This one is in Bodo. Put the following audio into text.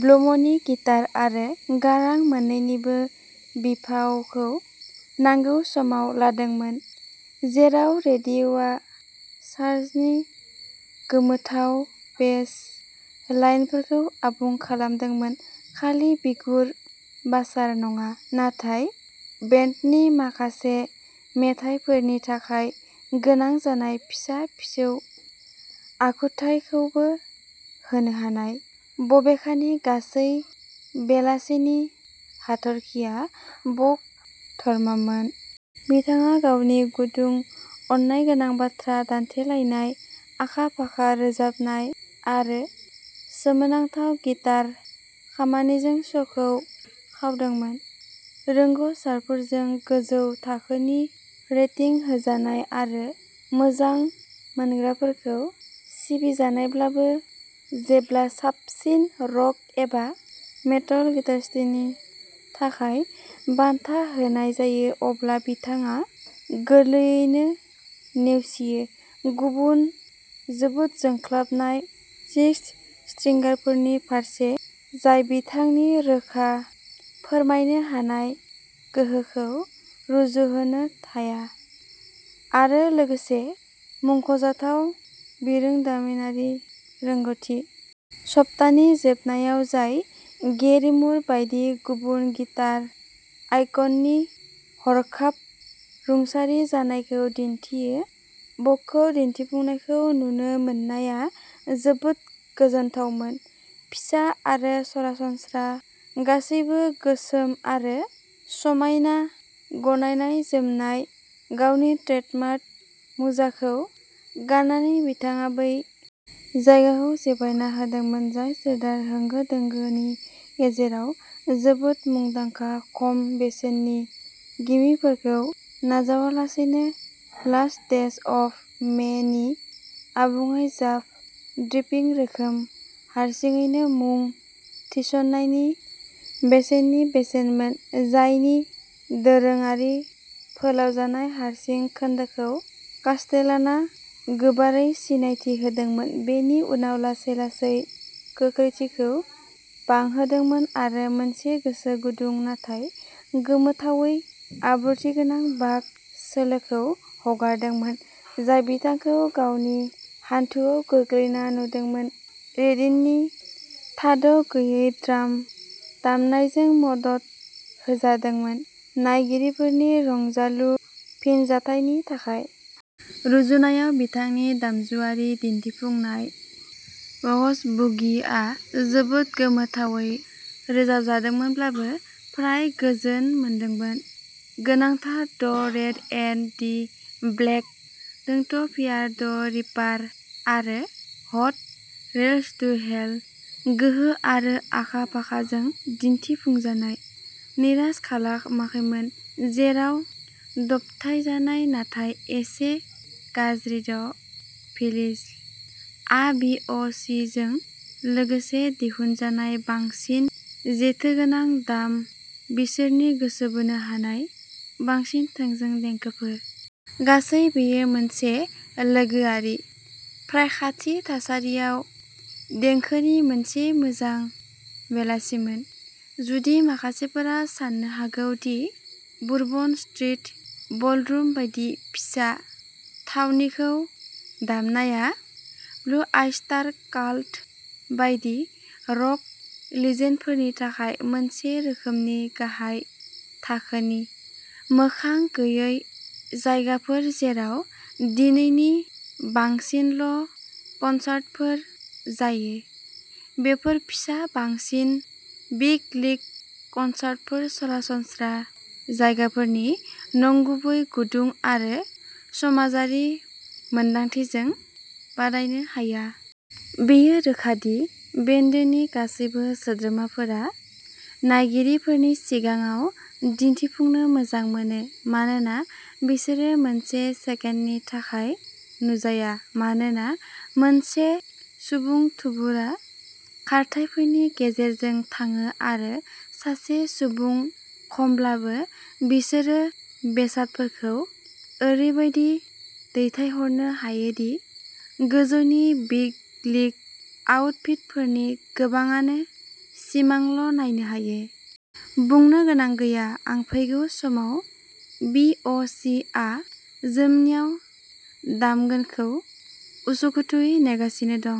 ब्लुमनि गिटार आरो गारां मोन्नैनिबो बिफावखौ नांगौ समाव लादोंमोन। जेराव रेडिअ'आ सारजनि गोमोथाव बेस लाइनफोरखौ आबुं खालामदोंमोन खालि बिगुर बासार नङा, नाथाय बेन्दनि माखासे मेथाइफोरनि थाखाय गोनां जानाय फिसा-फिसौ आखुथायखौबो होनो हानाय। बबेखानि, गासै बेलासिनि हाथरखिआ बक धर्मामोन। बिथाङा गावनि गुदुं, अननायगोनां बाथ्रा दान्थेलायनाय, आखा-फाखा रोजाबनाय, आरो सोमोनांथाव गिटार खामानिजों श'खौ खावदोंमोन। रोंग'सारफोरजों गोजौ थाखोनि रेटिं होजानाय आरो मोजां मोनग्राफोरजों सिबिजानायब्लाबो जेब्ला साबसिन रक एबा मेटल गिटास्टिनि थाखाय बान्था होनाय जायो अब्ला बिथाङा गोरलैयैनो नेवसियो गुबुन जोबोद जोंख्लाबनाय सिक्स-स्ट्रिंगारफोरनि फारसे, जाय बिथांनि रोखा फोरमायनो हानाय गोहोखौ रुजुहोनो हाया आरो लोगोसे मुंख'जाथाव बिरोंदामिनारि रोंग'थि। सप्तानि जोबनायाव जाय गेरि मुर बायदि गुबुन गिटार आइकननि हरखाब रुंसारि जानायखौ दिन्थियो, बकखौ दिन्थिफुंनायखौ नुनो मोननाया जोबोद गोजोनथावमोन। फिसा आरो सरासनस्रा गासैबो गोसोम आरो समायना गनायनाय-जोमनाय। गावनि ट्रेडमार्क मुजाखौ गाननानै बिथाङा बै जायगाखौ सिफायना होदोंमोन जाय श्रेडार होंगो दोंगोनि गेजेराव जोबोद मुंदांखा खम बेसेननि गिमिकफोरखौ नाजावालासेनो "लास्ट डेज अफ मे" नि आबुङै जाभ-ड्रिपिं रोखोम हारसिङैनो मुं थिसननायनि बेसेननि बेसेनमोन जायनि दोरोङारि फोलावजानाय हारसिं खोन्दोखौ कास्टेलानआ गोबारै सिनायथि होदोंमोन बेनि उनाव लासै लासै गोख्रैथिखौ बांहोदोंमोन आरो मोनसे गोसो गुदुं नाथाय गोमोथावै आब्रुथिगोनां बाक सोलोखौ हगारदोंमोन जाय बिथांखौ गावनि हान्थुआव गोग्लैना नुदोंमोन रेडिननि थाद'गैयै ड्राम दामनायजों मदद होजादोंमोन नायगिरिफोरनि रंजालु फिनजाथायनि थाखाय। रुजुनायाव बिथांनि दामजुआरि दिन्थिफुंनाय "बक'ज बुगी" आ, जोबोद गोमोथावै रोजाबजादोंमोनब्लाबो, फ्राय गोजोन मोनदोंमोन। गोनांथार "the red and the black", "don't fear the reaper" आरो "हट रेल्स टू हेल", गोहो आरो आखा-फाखाजों दिन्थिफुंजानाय, निराश खालामाखैमोन जेराव दबथायजानाय नाथाय एसे गाज्रि "द भिलिज" आ बि अ सि जों लोगोसे दिहुनजानाय बांसिन जेथोगोनां दाम बिसोरनि गोसो बोनो हानाय, बांसिन थोंजों देंखोफोर। गासै, बेयो मोनसे लोगोआरि, फ्राय खाथि थासारियाव देंखोनि मोनसे मोजां बेलासिमोन। जुदि माखासेफोरा साननो हागौ दि बुरबन स्ट्रिट बलरुम बायदि फिसा थावनिखौ दामनाया ब्लु ऑयस्टार काल्ट बायदि रक लिजेन्डफोरनि थाखाय मोनसे रोखोमनि गाहाय थाखोनि, मोखां गैयै जायगाफोर जेराव दिनैनि बांसिनल' कनसार्टफोर जायो, बैफोर फिसा बांसिन बिग-लिगकनसार्टफोर, सरासनस्रा जायगाफोरनि नंगुबै गुदुं आरो समाजारि मोनदांथिजों बादायनो हाया। बेयो रोखा दि बेन्डेनि गासैबो सोद्रोमाफोरा नायगिरिफोरनि सिगाङाव दिन्थिफुंनो मोजां मोनो मानोना बिसोरो मोनसे सेकेन्डनि थाखाय नुजाया मानोना मोनसे सुबुं थुबुरआ खारथाइफोरनि गेजेरजों थाङो आरो सासे सुबुं खमब्लाबो बिसोरो बेसादफोरखौ ओरैबायदि दैथायहरनो हायो दि गोजौनि बिग-लिग आउटफिटफोरनि गोबांआनो सिमांल' नायनो हायो। बुंनो गोनां गैया, आं फैगौ समाव बि. अ. सि. आ जोंनिआव दामगोनखौ उसुखुथुयै नेगासिनो दं।